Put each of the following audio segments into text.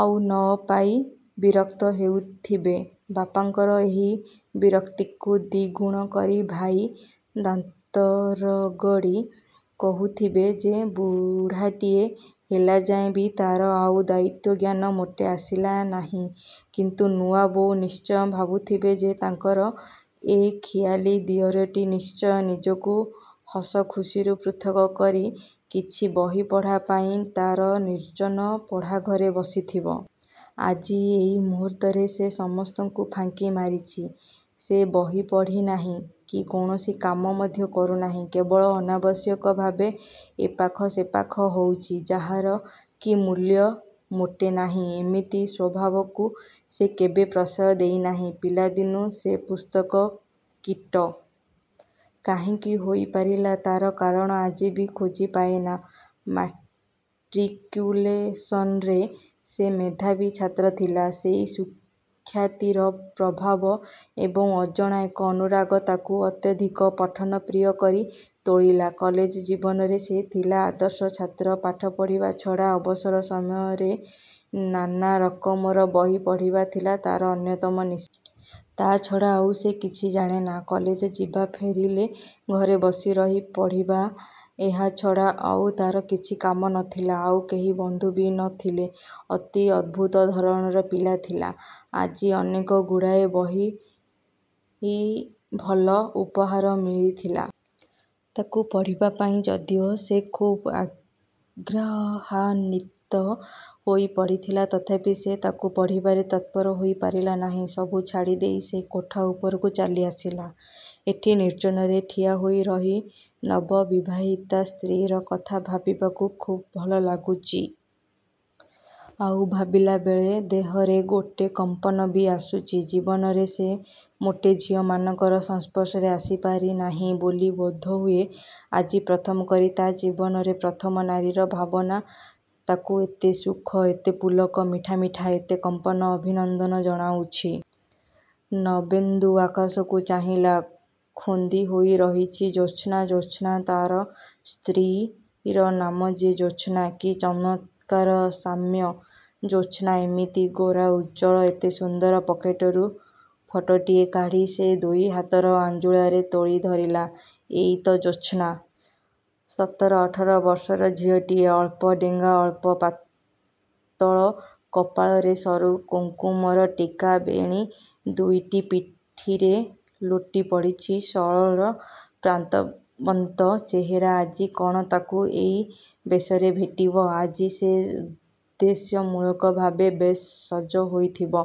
ଆଉ ନ ପାଇ ବିରକ୍ତ ହେଉଥିବେ। ବାପାଙ୍କର ଏହି ବିରକ୍ତିକୁ ଦ୍ଵିଗୁଣ କରି ଭାଇ ଦାନ୍ତରଗଡ଼ି କହୁଥିବେ ଯେ, ବୁଢ଼ାଟିଏ ହେଲାଯାଏ ବି ତାର ଆଉ ଦାୟିତ୍ଵଜ୍ଞାନ ମୋଟେ ଆସିଲା ନାହିଁ। କିନ୍ତୁ ନୂଆବୋଉ ନିଶ୍ଚୟ ଭାବୁଥିବେ ଯେ, ତାଙ୍କର ଏ ଖିଆଲୀ ଦିଅରଟି ନିଶ୍ଚୟ ନିଜକୁ ହସଖୁସିରୁ ପୃଥକ୍ କରି, କିଛି ବହି ପଢ଼ା ପାଇଁ ତା'ର ନିର୍ଜନ ପଢ଼ାଘରେ ବସିଥିବ। ଆଜି, ଏଇ ମୁହୂର୍ତ୍ତରେ ସେ ସମସ୍ତଙ୍କୁ ଫାଙ୍କି ମାରିଚି। ସେ ବହି ପଢ଼ିନାହିଁ କି କୌଣସି କାମ ମଧ୍ୟ କରୁନାହିଁ। କେବଳ ଅନାବଶ୍ୟକ ଭାବେ ଏପାଖ ସେପାଖ ହଉଚି, ଯାହାର କି ମୂଲ୍ୟ ମୋଟେ ନାହିଁ। ଏମିତି ସ୍ଵଭାବକୁ ସେ କେବେ ପ୍ରଶ୍ରୟ ଦେଇନାହିଁ। ପିଲାଦିନୁ ସେ ପୁସ୍ତକ କୀଟ। କାହିଁକି ହୋଇ ପାରିଲା, ତା'ର କାରଣ ଆଜି ବି ଖୋଜି ପାଏନା। ମାଟ୍ରିକ୍ୟୁଲେସନ୍‌ରେ ସେ ମେଧାବୀ ଛାତ୍ର ଥିଲା। ସେଇ ସୁଖ୍ୟାତିର ପ୍ରଭାବ ଏବଂ ଅଜଣା ଏକ ଅନୁରାଗ ତାକୁ ଅତ୍ୟଧିକ ପଠନପ୍ରିୟ କରି ତୋଳିଲା। କଲେଜ ଜୀବନରେ ସେ ଥିଲା ଆଦର୍ଶ ଛାତ୍ର ପାଠ ପଢ଼ିବା ଛଡ଼ା ଅବସର ସମୟରେ ନାନାରକମର ବହି ପଢ଼ିବା ଥିଲା ତାର ଅନ୍ୟତମ ନିଶା। ତା' ଛଡ଼ା ଆଉ ସେ କିଛି ଜାଣେ ନା। କଲେଜ ଯିବା, ଫେରିଲେ ଘରେ ବସି ରହି ପଢ଼ିବା, ଏହାଛଡ଼ା ଆଉ ତାର କିଛି କାମ ନ ଥିଲା। ଆଉ କେହି ବନ୍ଧୁ ବି ନ ଥିଲେ। ଅତି ଅଦ୍ଭୁତ ଧରଣର ପିଲା ଥିଲା। ଆଜି ଅନେକଗୁଡ଼ାଏ ଭଲ ବହି ଉପହାର ମିଳିଥିଲା। ତାକୁ ପଢ଼ିବା ପାଇଁ ଯଦିଓ ସେ ଖୁବ୍ ଆଗ୍ରହାନ୍ୱିତ ହୋଇ ପଡ଼ିଥିଲା, ତଥାପି ସେ ତାକୁ ପଢ଼ିବାରେ ତତ୍ପର ହୋଇ ପାରିଲା ନାହିଁ। ସବୁ ଛାଡ଼ି ଦେଇ ସେ କୋଠା ଉପରକୁ ଚାଲିଆସିଲା। ଏଠି ନିର୍ଜନରେ ଠିଆ ହୋଇ ରହି, ନବବିବାହିତା ସ୍ତ୍ରୀର କଥା ଭାବିବାକୁ ଖୁବ୍ ଭଲ ଲାଗୁଚି। ଆଉ ଭାବିଲାବେଳେ ଦେହରେ ଗୋଟେ କମ୍ପନ ବି ଆସୁଚି। ଜୀବନରେ ସେ ମୋଟେ ଝିଅମାନଙ୍କର ସଂସ୍ପର୍ଶରେ ଆସି ପାରିନାହିଁ ବୋଲି ବୋଧହୁଏ, ଆଜି ପ୍ରଥମ କରି ତା' ଜୀବନରେ ପ୍ରଥମ ନାରୀର ଭାବନା। ତାକୁ ଏତେ ସୁଖ, ଏତେ ପୁଲକ, ମିଠା ମିଠା ଏତେ କମ୍ପନ, ଅଭିନନ୍ଦନ ଜଣାଉଛି। ନବେନ୍ଦୁ ଆକାଶକୁ ଚାହିଁଲା ,ଖୁନ୍ଦି ହୋଇ ରହିଛି ଜ୍ୟୋତ୍ସ୍ନା! ଜ୍ୟୋତ୍ସ୍ନା ତା'ର ସ୍ତ୍ରୀର ନାମ ଯେ ଜ୍ୟୋତ୍ସ୍ନା ,କି ଚମତ୍କାର ସାମ୍ୟ? ଜ୍ୟୋତ୍ସ୍ନା ଏମିତି ଗୋରା, ଉଜ୍ଜ୍ୱଳ, ଏତେ ସୁନ୍ଦର? ପକେଟରୁ ଫଟୋଟିଏ କାଢ଼ି ସେ ଦୁଇ ହାତର ଆଞ୍ଜୁଳାରେ ତୋଳି ଧରିଲା। ଏଇ ତ ଜ୍ୟୋତ୍ସ୍ନା! ସତର ଅଠର ବର୍ଷର ଝିଅଟିଏ। ଅଳ୍ପ ଡେଙ୍ଗା, ଅଳ୍ପ ପାତଳ, କପାଳରେ ସରୁ କୁଙ୍କୁମର ଟୀକା। ବେଣୀ ଦୁଇଟି ପିଠିରେ ଲୋଟିପଡ଼ିଚି। ସରଳ, ପ୍ରାଣବନ୍ତ ଚେହେରା ଆଜି କ'ଣ ତାକୁ ଏଇ ବେଶରେ ଭେଟିବ? ଆଜି ସେ ଉଦ୍ଦେଶ୍ୟମୂଳକ ଭାବେ ବେଶ୍ ସଜ ହୋଇଥିବ।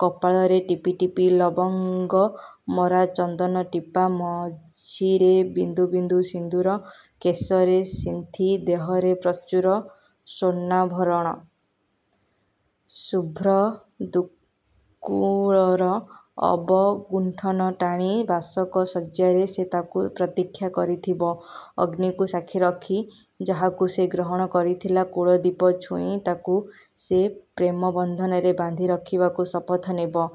କପାଳରେ ଟିପି ଟିପି ଲବଙ୍ଗମରା ଚନ୍ଦନଟିପା, ମଝିରେ ବିନ୍ଦୁ ବିନ୍ଦୁ ସିନ୍ଦୂର, କେଶରେ ସିନ୍ଥି, ଦେହରେ ପ୍ରଚୁର ସ୍ଵର୍ଣ୍ଣାଭରଣ। ଶୁଭ୍ର ଦୁକୁଳର ଅବଗୁଣ୍ଠନ ଟାଣି, ବାସକ ଶଯ୍ୟାରେ ସେ ତାକୁ ପ୍ରତୀକ୍ଷା କରିଥିବ। ଅଗ୍ନିକୁ ସାକ୍ଷୀ ରଖି ଯାହାକୁ ସେ ଗ୍ରହଣ କରିଥିଲା, କୂଳଦୀପ ଛୁଇଁ ତାକୁ ସେ ପ୍ରେମ ବନ୍ଧନରେ ବାନ୍ଧି ରଖିବାକୁ ଶପଥ ନେବ।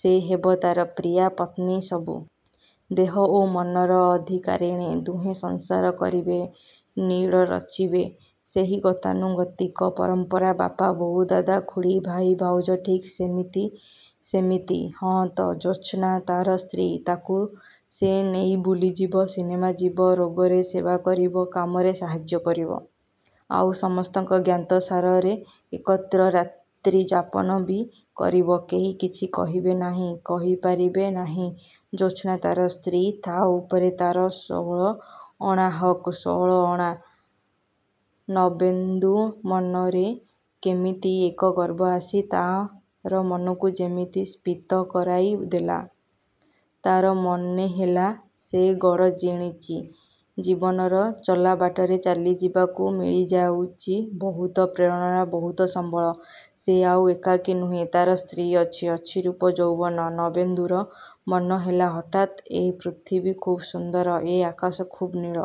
ସେ ହେବ ତାର ପ୍ରିୟା, ପତ୍ନୀ, ସବୁ। ଦେହ ଓ ମନର ଅଧିକାରିଣୀ। ଦୁହେଁ ସଂସାର କରିବେ, ନୀଡ଼ ରଚିବେ। ସେହି ଗତାନୁଗତିକ ପରମ୍ପରା। ବାପା, ବୋଉ, ଦାଦା, ଖୁଡ଼ୀ, ଭାଇ, ଭାଉଜ ଠିକ୍ ସେମିତି, ସେମିତି? ହଁ ତ, ଜ୍ୟୋତ୍ସ୍ନା ତାର ସ୍ତ୍ରୀ ତାକୁ ସେ ନେଇ ବୁଲିଯିବ, ସିନେମା ଯିବ, ରୋଗରେ ସେବା କରିବ, କାମରେ ସାହାଯ୍ୟ କରିବ। ଆଉ ସମସ୍ତଙ୍କ ଜ୍ଞାତସାରରେ ଏକତ୍ର ରାତ୍ରିଯାପନ ବି କରିବ। କେହି କିଛି କହିବେ ନାହିଁ, କହି ପାରିବେ ନାହିଁ। ଜ୍ୟୋତ୍ସ୍ନା ତା'ର ସ୍ତ୍ରୀ! ତା' ଉପରେ ତାର ଷୋଳ ଅଣା ହକ୍, ଷୋଳ ଅଣା! ନବେନ୍ଦୁ ମନରେ କେମିତି ଏକ ଗର୍ବ ଆସି ତାର ମନକୁ ଯେମିତି ସ୍ପିତ କରାଇ ଦେଲା। ତାର ମନେହେଲା ସେ ଗଡ଼ ଜିଣିଚି। ଜୀବନର ଚଲାବାଟରେ ଚାଲିଯିବାକୁ ମିଳିଯାଉଚି ବହୁତ ପ୍ରେରଣା, ବହୁତ ସମ୍ବଳ। ସେ ଆଉ ଏକାକୀ ନୁହେଁ! ତାର ସ୍ତ୍ରୀ ଅଛି! ଅଛି ରୂପ ଯୌବନ। ନବେନ୍ଦୁର ମନେହେଲା ହଠାତ୍, ଏ ପୃଥିବୀ ଖୁବ୍ ସୁନ୍ଦର। ଏ ଆକାଶ ଖୁବ୍ ନୀଳ!